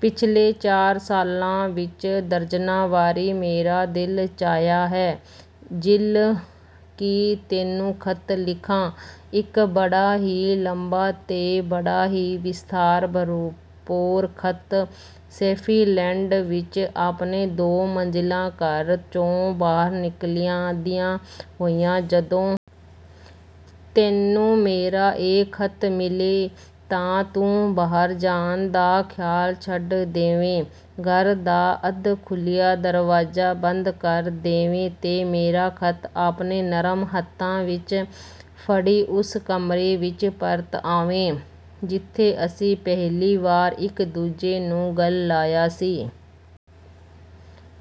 ਪਿੱਛਲੇ ਚਾਰ ਸਾਲਾਂ ਵਿੱਚ ਦਰਜਨਾਂ ਵਾਰੀ ਮੇਰਾ ਦਿਲ ਚਾਹਿਆ ਹੈ, ਜਿਲ, ਕਿ ਤੈਨੂੰ ਖ਼ਤ ਲਿਖਾਂ—ਇੱਕ ਬੜਾ ਹੀ ਲੰਮਾ ਤੇ ਬੜਾ ਹੀ ਵਿਸਥਾਰ-ਭਰਪੂਰ ਖ਼ਤ। ਸ਼ੈਫ਼ੀਲਡ ਵਿੱਚ ਆਪਣੇ ਦੋ-ਮੰਜ਼ਿਲਾ ਘਰ 'ਚੋਂ ਬਾਹਰ ਨਿਕਲਦਿਆਂ ਹੋਇਆਂ, ਜਦੋਂ ਤੈਨੂੰ ਮੇਰਾ ਇਹ ਖ਼ਤ ਮਿਲੇ, ਤਾਂ ਤੂੰ ਬਾਹਰ ਜਾਣ ਦਾ ਖ਼ਿਆਲ ਛੱਡ ਦੇਵੇਂ, ਘਰ ਦਾ ਅੱਧ-ਖੁੱਲ੍ਹਿਆ ਦਰਵਾਜ਼ਾ ਬੰਦ ਕਰ ਦੇਵੇਂ ਤੇ ਮੇਰਾ ਖ਼ਤ ਆਪਣੇ ਨਰਮ ਹੱਥਾਂ ਵਿੱਚ ਫੜੀ ਉਸ ਕਮਰੇ ਵਿੱਚ ਪਰਤ ਆਵੇਂ, ਜਿੱਥੇ ਅਸੀਂ ਪਹਿਲੀ ਵਾਰ ਇੱਕ-ਦੂਜੇ ਨੂੰ ਗਲ਼ ਲਾਇਆ ਸੀ।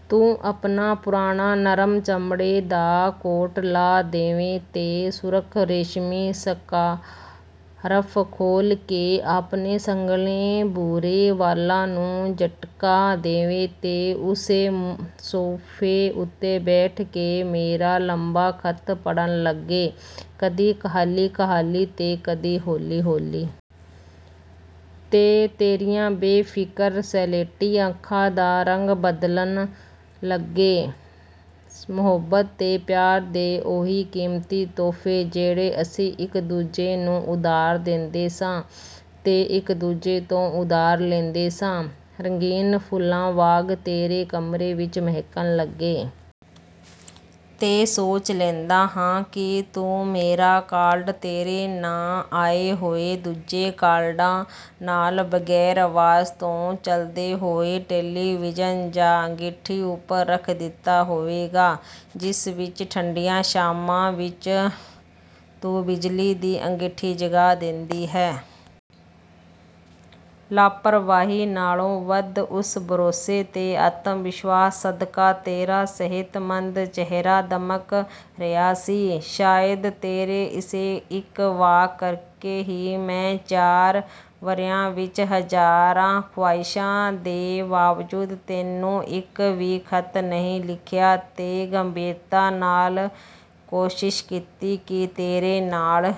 ਤੂੰ ਆਪਣਾ ਪੁਰਾਣਾ ਨਰਮ ਚਮੜੇ ਦਾ ਕੋਟ ਲਾਹ ਦੇਵੇਂ ਤੇ ਸੁਰਖ਼ ਰੇਸ਼ਮੀ ਸਕਾਰਫ਼ ਖੋਲ੍ਹ ਕੇ ਆਪਣੇ ਸੰਘਣੇ ਭੂਰੇ ਵਾਲਾਂ ਨੂੰ ਝਟਕਾ ਦੇਵੇਂ ਤੇ ਉਸੇ ਸੋਫ਼ੇ ਉੱਤੇ ਬੈਠ ਕੇ ਮੇਰਾ ਲੰਮਾ ਖ਼ਤ ਪੜ੍ਹਨ ਲੱਗੇਂ—ਕਦੇ ਕਾਹਲੀ-ਕਾਹਲੀ ਤੇ ਕਦੇ ਹੌਲੀ-ਹੌਲੀ। ਤੇ ਤੇਰੀਆਂ ਬੇਫ਼ਿਕਰ ਸਲੇਟੀ ਅੱਖਾਂ ਦਾ ਰੰਗ ਬਦਲਣ ਲੱਗੇ। ਮੁਹੱਬਤ ਤੇ ਪਿਆਰ ਦੇ ਉਹ ਕੀਮਤੀ ਤੋਹਫ਼ੇ, ਜਿਹੜੇ ਅਸੀਂ ਇੱਕ-ਦੂਜੇ ਨੂੰ ਉਧਾਰ ਦੇਂਦੇ ਸਾਂ ਤੇ ਇੱਕ-ਦੂਜੇ ਤੋਂ ਉਧਾਰ ਲੈਂਦੇ ਸਾਂ, ਰੰਗੀਨ ਫੁੱਲਾਂ ਵਾਂਗ ਤੇਰੇ ਕਮਰੇ ਵਿੱਚ ਮਹਿਕਣ ਲੱਗੇ। ਤੇ ਸੋਚ ਲੈਂਦਾ ਹਾਂ ਕਿ ਤੂੰ ਮੇਰਾ ਕਾਰਡ ਤੇਰੇ ਨਾਂ ਆਏ ਹੋਏ ਦੂਜੇ ਕਾਰਡਾਂ ਨਾਲ, ਬਗ਼ੈਰ ਆਵਾਜ਼ ਤੋਂ ਚੱਲਦੇ ਹੋਏ ਟੈਲੀਵੀਜ਼ਨ ਜਾਂ ਅੰਗੀਠੀ ਉੱਪਰ ਰੱਖ ਦਿੱਤਾ ਹੋਵੇਗਾ, ਜਿਸ ਵਿੱਚ ਠੰਡੀਆਂ ਸ਼ਾਮਾਂ ਵਿੱਚ ਤੂੰ ਬਿਜਲੀ ਦੀ ਅੰਗੀਠੀ ਜਗਾ ਦੇਂਦੀ ਹੈਂ। ਲਾਪ੍ਰਵਾਹੀ ਨਾਲੋਂ ਵੱਧ ਉਸ ਭਰੋਸੇ ਤੇ ਆਤਮ-ਵਿਸ਼ਵਾਸ ਸਦਕਾ ਤੇਰਾ ਸਿਹਤਮੰਦ ਚਿਹਰਾ ਦਮਕ ਰਿਹਾ ਸੀ। ਸ਼ਾਇਦ ਤੇਰੇ ਇਸੇ ਇੱਕ ਵਾਕ ਕਰਕੇ ਹੀ ਮੈਂ ਚਾਰ ਵਰ੍ਹਿਆਂ ਵਿੱਚ ਹਜ਼ਾਰਾਂ ਖ਼ਾਹਿਸ਼ਾਂ ਦੇ ਬਾਵਜੂਦ ਤੈਨੂੰ ਇੱਕ ਵੀ ਖ਼ਤ ਨਹੀਂ ਲਿਖਿਆ ਤੇ ਗੰਭੀਰਤਾ ਨਾਲ ਕੋਸ਼ਿਸ਼ ਕੀਤੀ ਕਿ ਤੇਰੇ ਨਾਲ...